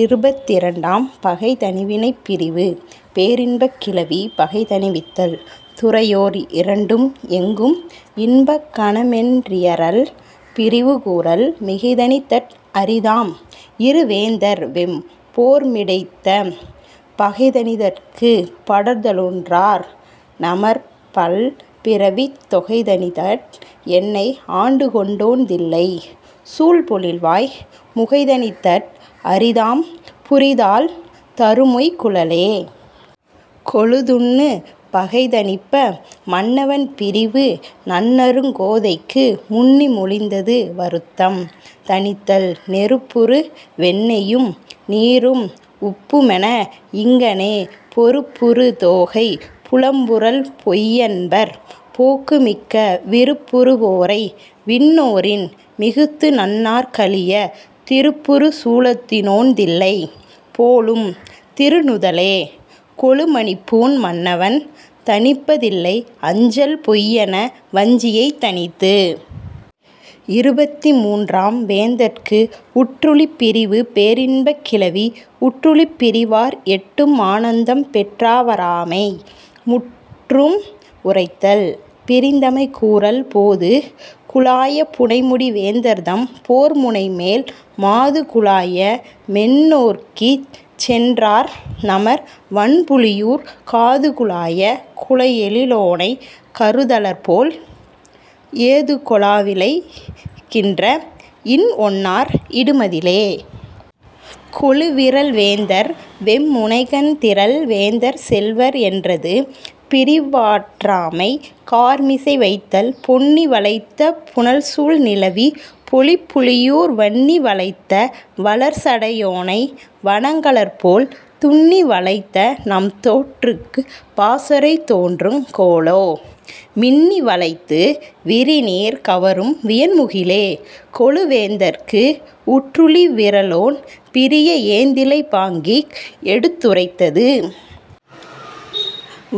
இருபத்திரண்டாம். பகை தணி வினைப் பிரிவு பேரின்பக் கிளவி பகைதணி வித்தல் துறையோர் இரண்டும் எங்கும் இன்பக் கனமென் றியறல்.. பிரிவு கூறல் மிகைதணித் தற்அரி தாம்இரு வேந்தர்வெம் போர்மிடைந்த பகைதணித் தற்குப் படர்தலுற் றார்நமர் பல்பிறவித் தொகைதணித் தற்என்னை ஆண்டுகொண் டோன்தில்லைச் சூழ்பொழில்வாய் முகைதணித் தற்அரி தாம்புரி தாழ்தரு மொய்குழலே.... கொளு துன்னு பகை தணிப்ப மன்னவன் பிரிவு நன்னறுங் கோதைக்கு முன்னி மொழிந்தது.. வருத்தம் தணித்தல் நெருப்புறு வெண்ணெயும் நீருறும் உப்பு மெனஇங்ஙனே பொருப்புறு தோகை புலம்புறல் பொய்யன்பர் போக்குமிக்க விருப்புறு வோரைவிண் ணோரின் மிகுத்துநண் ணார்கழியத் திருப்புறு சூலத்தி னோன்தில்லை போலும் திருநுதலே.... கொளு மணிப்பூண் மன்னவன் தணப்ப தில்லை அஞ்சல் பொய்யென வஞ்சியைத் தணித்தது. இருபத்திமூன்றாம். வேந்தற்கு உற்றுழிப் பிரிவு பேரின்பக் கிளவி உற்றுழிப் பிரிவார் எட்டும் ஆனந்தம் பெற்றவா ராமை முற்றும் உரைத்தல்.. பிரிந்தமை கூறல் போது குலாய புனைமுடி வேந்தர்தம் போர்முனைமேல் மாது குலாயமென் னோர்க்கிசென் றார்நமர் வண்புலியூர்க் காதுகுலாய குழைஎழி லோனைக் கருதலர்போல் ஏதுகொ லாவிளை கின்றஇன் ஒன்னார் இடுமதிலே.... கொளு விறல்வேந்தர் வெம்முணைக்கண் திறல் வேந்தர் செல்வர் என்றது.. பிரிவாற்றாமை கார்மிசை வைத்தல் பொன்னி வளைத்த புனல்சூழ் நிலவிப் பொலிபுலியூர் வன்னி வளைத்த வளர்சடை யோனை வணங்கலர்போல்। துன்னி வளைத்தநம் தோன்றற்குப் பாசறை தோன்றுங் கொலோ மின்னி வளைத்து விரிநீர் கவரும் வியன்முகிலே.... கொளு வேந்தற்கு உற்றுழி விறலோன் பிரிய ஏந்திழை பாங்கிக் எடுத்து ரைத்தது..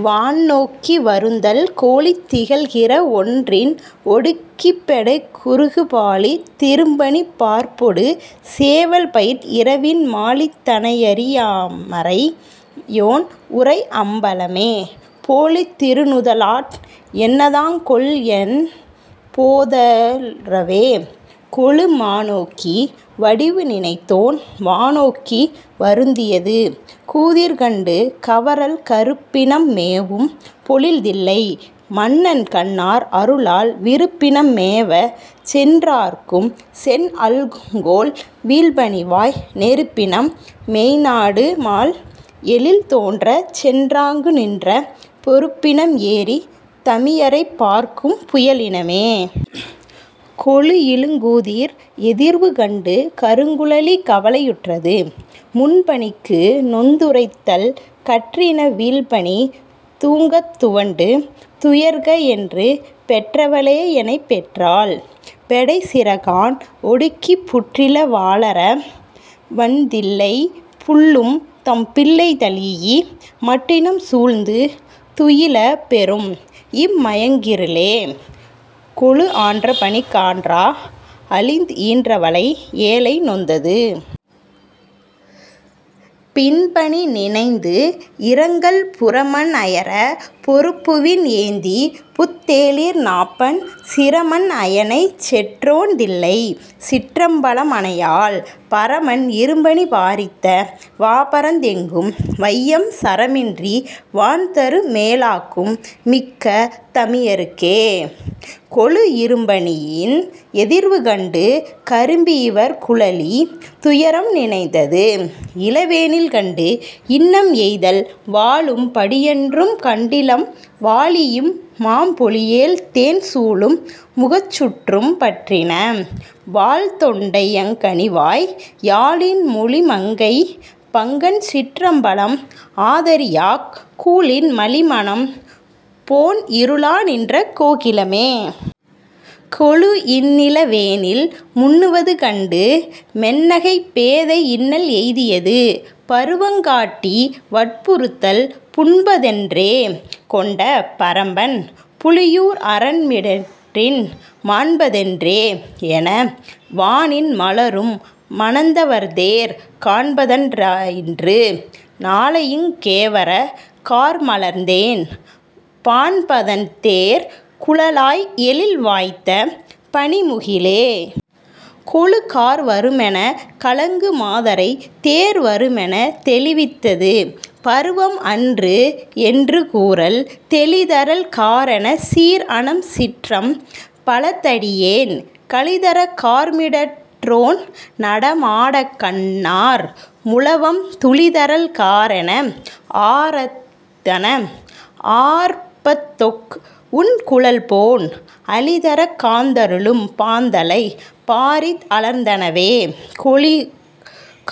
வான் நோக்கி வருந்தல் கோலித் திகழ்கிற ஒன்றின் ஒடுக்கிப் பெடைக் குருகு பாலித் திரும்பனி பார்ப்பொடு சேவல் பயில்இரவின் மாலித் தனையறி யாமறை யோன்உறை அம்பலமே போலித் திருநுத லாட்என்ன தாங்கொல்என் போதரவே.... கொளு மானோக்கி வடிவு நினைத்தோன் வானோக்கி வருந்தியது.. கூதிர் கண்டு கவறல் கருப்பினம் மேவும் பொழில்தில்லை மன்னன்கண் ணார்அருளால் விருப்பினம் மேவச்சென் றார்க்கும்சென் அல்குங்கொல் வீழ்பனிவாய் நெருப்பினம் மேய்நடு மால்எழில் தோன்றச்சென் றாங்குநின்ற பொருப்பினம் ஏறித் தமியரைப் பார்க்கும் புயலினமே.... கொளு இருங்கூதிர் எதிர்வு கண்டு கருங்குழலி கவலை யுற்றது.. முன் பனிக்கு நொந்துரைத்தல் கற்றின வீழ்பனி தூங்கத் துவண்டு துயர்கஎன்று பெற்றவ ளேஎனைப் பெற்றாள் பெடைசிற கான்ஒடுக்கிப் புற்றில வாளர வன்தில்லைப் புள்ளும்தம் பிள்ளைதழீஇ மற்றினம் சூழ்ந்து துயிலப் பெறும்இம் மயங்கிருளே.... கொளு ஆன்றபனிக் ஆற்றா அழிந் ஈன்றவளை ஏழை நொந்தது.. பின்பனி நினைந்து இரங்கல் புரமன் அயரப் பொருப்புவில் ஏந்திப் புத் தேளிர்நாப்பண் சிரம்அன் அயனைச்செற் றோன்தில்லைச் சிற்றம்பலம்அனையாள் பரம்அன் இரும்பனி பாரித்த வாபரந் எங்கும்வையம் சரமின்றி வான்தரு மேலாக்கும் மிக்க தமியருக்கே.... கொளு இரும்பனியின் எதிர்வு கண்டு கரும்பிவர் குழலி துயரம் நினைந்தது.. இளவேனில் கண்டு இன்னல் எய்தல் வாழும் படியன்றும் கண்டிலம் வாழிஇம் மாம்பொழில்தேன் சூழும் முகச்சுற்றும் பற்றின வால்தொண்டை யங்கனிவாய் யாழின் மொழிமங்கை பங்கன்சிற் றம்பலம் ஆதரியாக் கூழின் மலிமனம் போன்இருளா நின்ற கோகிலமே.... கொளு இன்னிள வேனில் முன்னுவது கண்டு மென்னகைப் பேதை இன்னல் எய்தியது.. பருவங் காட்டி வற்புறுத்தல் பூண்பதென் றேகொண்ட பரம்பன் புலியூர் அரன் மிடற்றின் மாண்பதென் றேஎன வானின் மலரும் மணந்தவர்தேர் காண்பதன் றேயின்று நாளையிங் கேவரக் கார்மலர்த்தேன் பாண்பதன் தேர்குழ லாய்எழில் வாய்த்த பனிமுகிலே.... கொளு கார்வருமெனக் கலங்கு மாதரைத் தேர் வருமெனத் தெளிவித்தது.. பருவம் அன்று என்று கூறல் தெளிதரல் காரெனச் சீர்அனம் சிற்றம் பலத்தடியேன் களிதரக் கார்மிடற் றோன்நட மாடக்கண் ணார்முழவம் துளிதரல் காரென ஆர்த்தன ஆர்ப்பத்தொக் உன்குழல்போன் அளிதரக் காந்தளும் பாந்தளைப் பாரித் அலர்ந்தனவே.... கொளு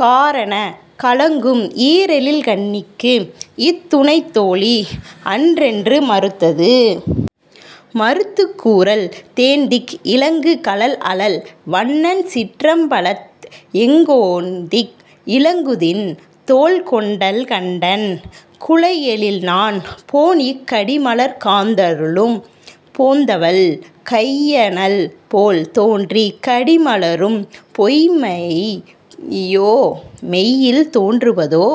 காரெனக் கலங்கும் ஏரெழில் கண்ணிக்கு இன்துணைத் தோழி அன்றென்று மறுத்தது.. மறுத்துக் கூறல் தேன்திக் இலங்கு கழல்அழல் வண்ணன்சிற் றம்பலத்எங் கோன்திக் இலங்குதிண் தோள் கொண்டல் கண்டன் குழைஎழில்நாண் போன்இக் கடிமலர்க் காந்தளும் போந்தவன் கையனல் போல் தோன்றிக் கடிமல ரும்பொய்ம்மை யோமெய்யில் தோன்றுவதே....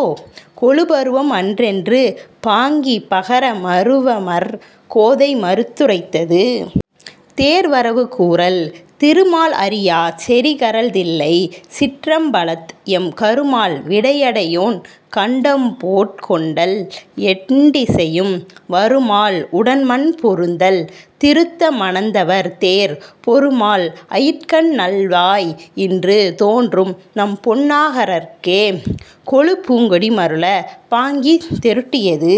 கொளு பருவம் அன்றென்று பாங்கி பகர மருவமர் கோதை மறுத்து ரைத்தது.. தேர் வரவு கூறல் திருமால் அறியாச் செறிகழல் தில்லைச் சிற்றம்பலத்எம் கருமால் விடையடை யோன்கண்டம் போற்கொண்டல் எண்டிசையும் வருமால் உடன்மன் பொருந்தல் திருந்த மணந்தவர்தேர் பொருமால் அயிற்கண்நல் லாய்இன்று தோன்றும்நம் பொன்னாகர்க்கே.... கொளு பூங்கொடி மருளப் பாங்கி தெருட்டியது.